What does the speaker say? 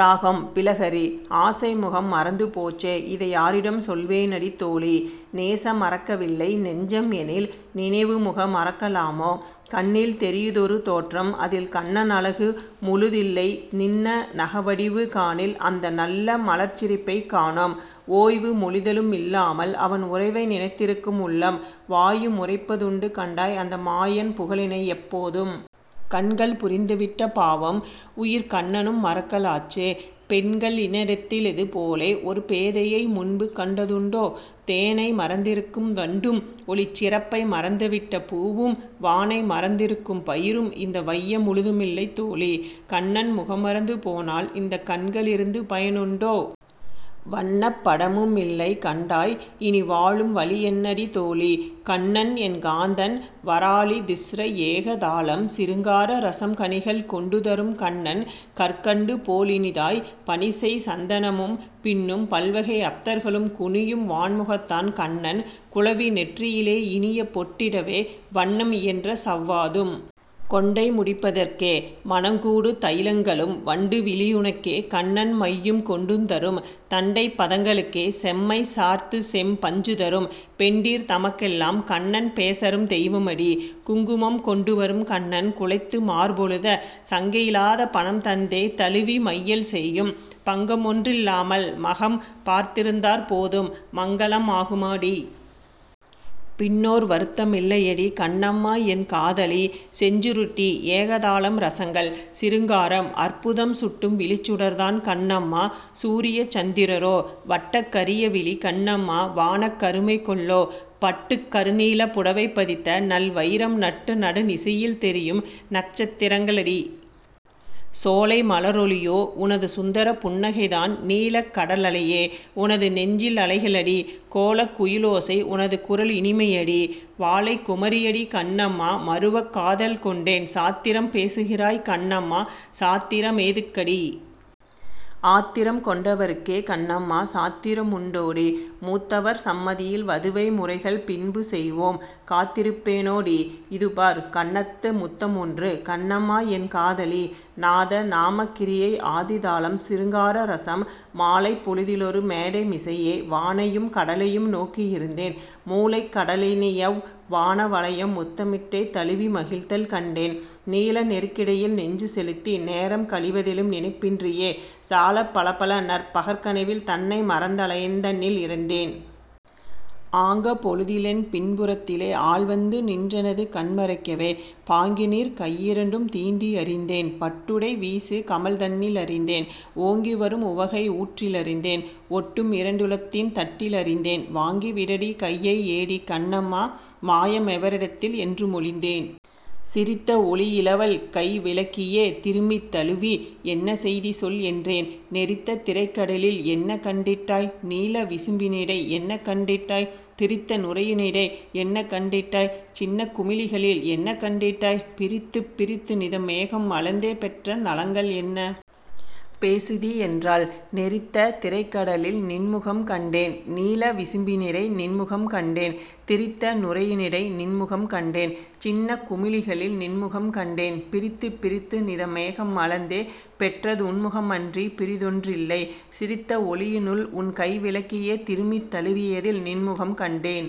ராகம் பிலஹரி ஆசை முகமறந்து போச்சே இதை ஆரிடம் செல்வேனடி தோழி? நேச மறக்கவில்லை நெஞ்சம் எனில் நினைவு முகமறக்க லாமோ? கண்ணில் தெரியுதொரு தோற்றம் அதில் கண்ண னழகுமுழு தில்லை நிண்ண முகவடிவு காணில் அந்த நல்ல மலர்ச்சிரிப்பைக் காணோம். ஓய்வு மொழிதலுமில் லாமல் அவன் உறவை நினைத்திருக்கும் உள்ளம்; வாயு முரைப்ப துண்டு கண்டாய் அந்த மாயன் புகழினையெப் போதும். கண்கள் புரிந்துவிட்ட பாவம் உயிர்க் கண்ண னுருமறக்க லாச்சு; பெண்க ளினிடத்திலிது போலே ஒரு பேதையை முன்புகண்ட துண்டோ? தேனை மறந்திருக்கும் வண்டும் ஒளிச் சிறப்பை மறந்துவிட்ட பூவும் வானை மறந்திருக்கும் பயிரும் இந்த வைய முழுதுமில்லை தோழி!. கண்ணன் முகம்மறந்து போனால் இந்தக் கண்க ளிருந்து பயனுண்டோ? வண்ணப் படமுமில்லை கண்டாய் இனி வாழும் வழியென்னடி தோழி?. கண்ணன் என் காந்தன் வராளி திஸ்ர ஏக தாளம் சிருங்கார ரசம் கனிகள் கொண்டுதரும் கண்ணன் கற்கண்டு போலினிதாய்; பனிசெய் சந்தனமும் பின்னும் பல்வகை அத்தர்களும், குனியும் வாண்முகத்தான் கண்ணன் குலவி நெற்றியிலே இனிய பொட்டிடவே வண்ணம் இயன்ற சவ்வாதும். கொண்டை முடிப்பதற்கே; மணங் கூடு தயிலங்களும், வண்டு விழியினுக்கே கண்ணன் மையுங் கொண்டுதரும்; தண்டைப் பதங்களுக்கே செம்மை சார்த்துசெம் பஞ்சுதரும்; பெண்டிர் தமக்கெல்லாம் கண்ணன் பேசருந் தெய்வமடீ! குங்குமங் கொண்டுவரும் கண்ணன் குழைத்து மார்பொழுத; சங்கையி லாதபணம் தந்தே தழுவி மையல் செய்யும்; பங்கமொன் றில்லாமல் மகம் பார்த்திருந் தாற்போதும்; மங்கள மாகுமடீ! பின்னோர் வருத்த மில்லையடி!.. கண்ணம்மா என் காதலி செஞ்சுருட்டி ஏகதாளம் ரசங்கள்: சிருங்காரம், அற்புதம் சுட்டும் விழிச்சுடர் தான், கண்ணம்மா! சூரிய சந்திர ரோ? வட்டக் கரிய விழி, கண்ணம்மா! வானக் கருமை கொல்லோ? பட்டுக் கருநீலப் புடவை பதித்த நல் வயிரம் நட்ட நடு நிசியில் தெரியும் நக்ஷத் திரங்க ளடீ! சோலை மல ரொளியோ உனது சுந்தரப் புன்னகை தான் நீலக் கடலலையே உனது நெஞ்சி லலைக ளடீ! கோலக் குயி லோசை உனது குரலி னிமை யடீ! வாலைக் குமரி யடீ, கண்ணம்மா! மருவக் காதல் கொண்டேன். சாத்திரம் பேசுகிறாய், கண்ணம்மா! சாத்திர மேதுக் கடீ! ஆத்திரங் கொண்டவர்க்கே, கண்ணம்மா! சாத்திர முண்டோ டீ! மூத்தவர் சம்மதியில் வதுவை முறைகள் பின்பு செய்வோம்; காத்திருப் பேனோ டீ? இதுபார், கன்னத்து முத்த மொன்று!. கண்ணம்மா என் காதலி நாதநாமக்கிரியை ஆதிதாளம் சிருங்கார ரசம் மாலைப் பொழுதிலொரு மேடை மிசையே வானையும் கடலையும் நோக்கி யிருந்தேன்; மூலைக் கடலினையவ் வான வளையம் முத்தமிட் டேதழுவி முகிழ்த்தல் கண்டேன்; நீல நெருக்கிடையில் நெஞ்சு செலுத்தி, நேரங் கழிவ திலும் நினைப்பின்றியே சாலப் பலபல நற் பகற்கனவில் தன்னை மறந்தலயந் தன்னில் இருந்தேன். ஆங்கப் பொழுதிலென் பின்பு றத்திலே, ஆள்வந்து நின்றெனது கண்ம றைக்கவே, பாங்கினிற் கையிரண்டுந் தீண்டி யறிந்தேன். பட்டுடை வீசுகமழ் தன்னி லறிந்தேன், ஓங்கிவரு முவகை யூற்றி லறிந்தேன்; ஒட்டுமி ரண்டுளத்தின் தட்டி லறிந்தேன்; ''வாங்கி விடடிகையை யேடி கண்ணம்மா! மாய மெவரிடத்தில்? '' என்று மொழிந்தேன்.. சிரித்த ஒலியிலவள் கைவி லக்கியே திருமித் தழுவி ''என்ன செய்தி சொல்'' என்றேன்; ''நெரித்த திரைக்கடலில் என்ன கண்டிட்டாய்? நீல விசும்பினிடை என்ன கண்டிட்டாய்? திரித்த நுரையினிடை என்ன கண்டிட்டாய்? சின்னக் குமிழிகளில் என்ன கண்டிட்டாய்? பிரித்துப் பிரித்துநிதம் மேகம் அளந்தே பெற்ற நலங்கள் என்ன? பேசுதி'' என்றாள். ''நெரித்த திரைக்கடலில் நின்முகங் கண்டேன்; நீல விசும்பினிடை நின்முகங் கண்டேன்; திரித்த நுரையினிடை நின்முகங் கண்டேன்; சின்னக் குமிழிகளில் நின்முகங் கண்டேன்; பிரித்துப் பிரித்துநிதம் மேகம் அளந்தே பெற்றுதுன் முகமன்றிப் பிறிதொன் றில்லை; சிரித்த ஒலியினிலுன் கைவி லக்கியே, திருமித் தழுவியதில் நின்முகங் கண்டேன்''..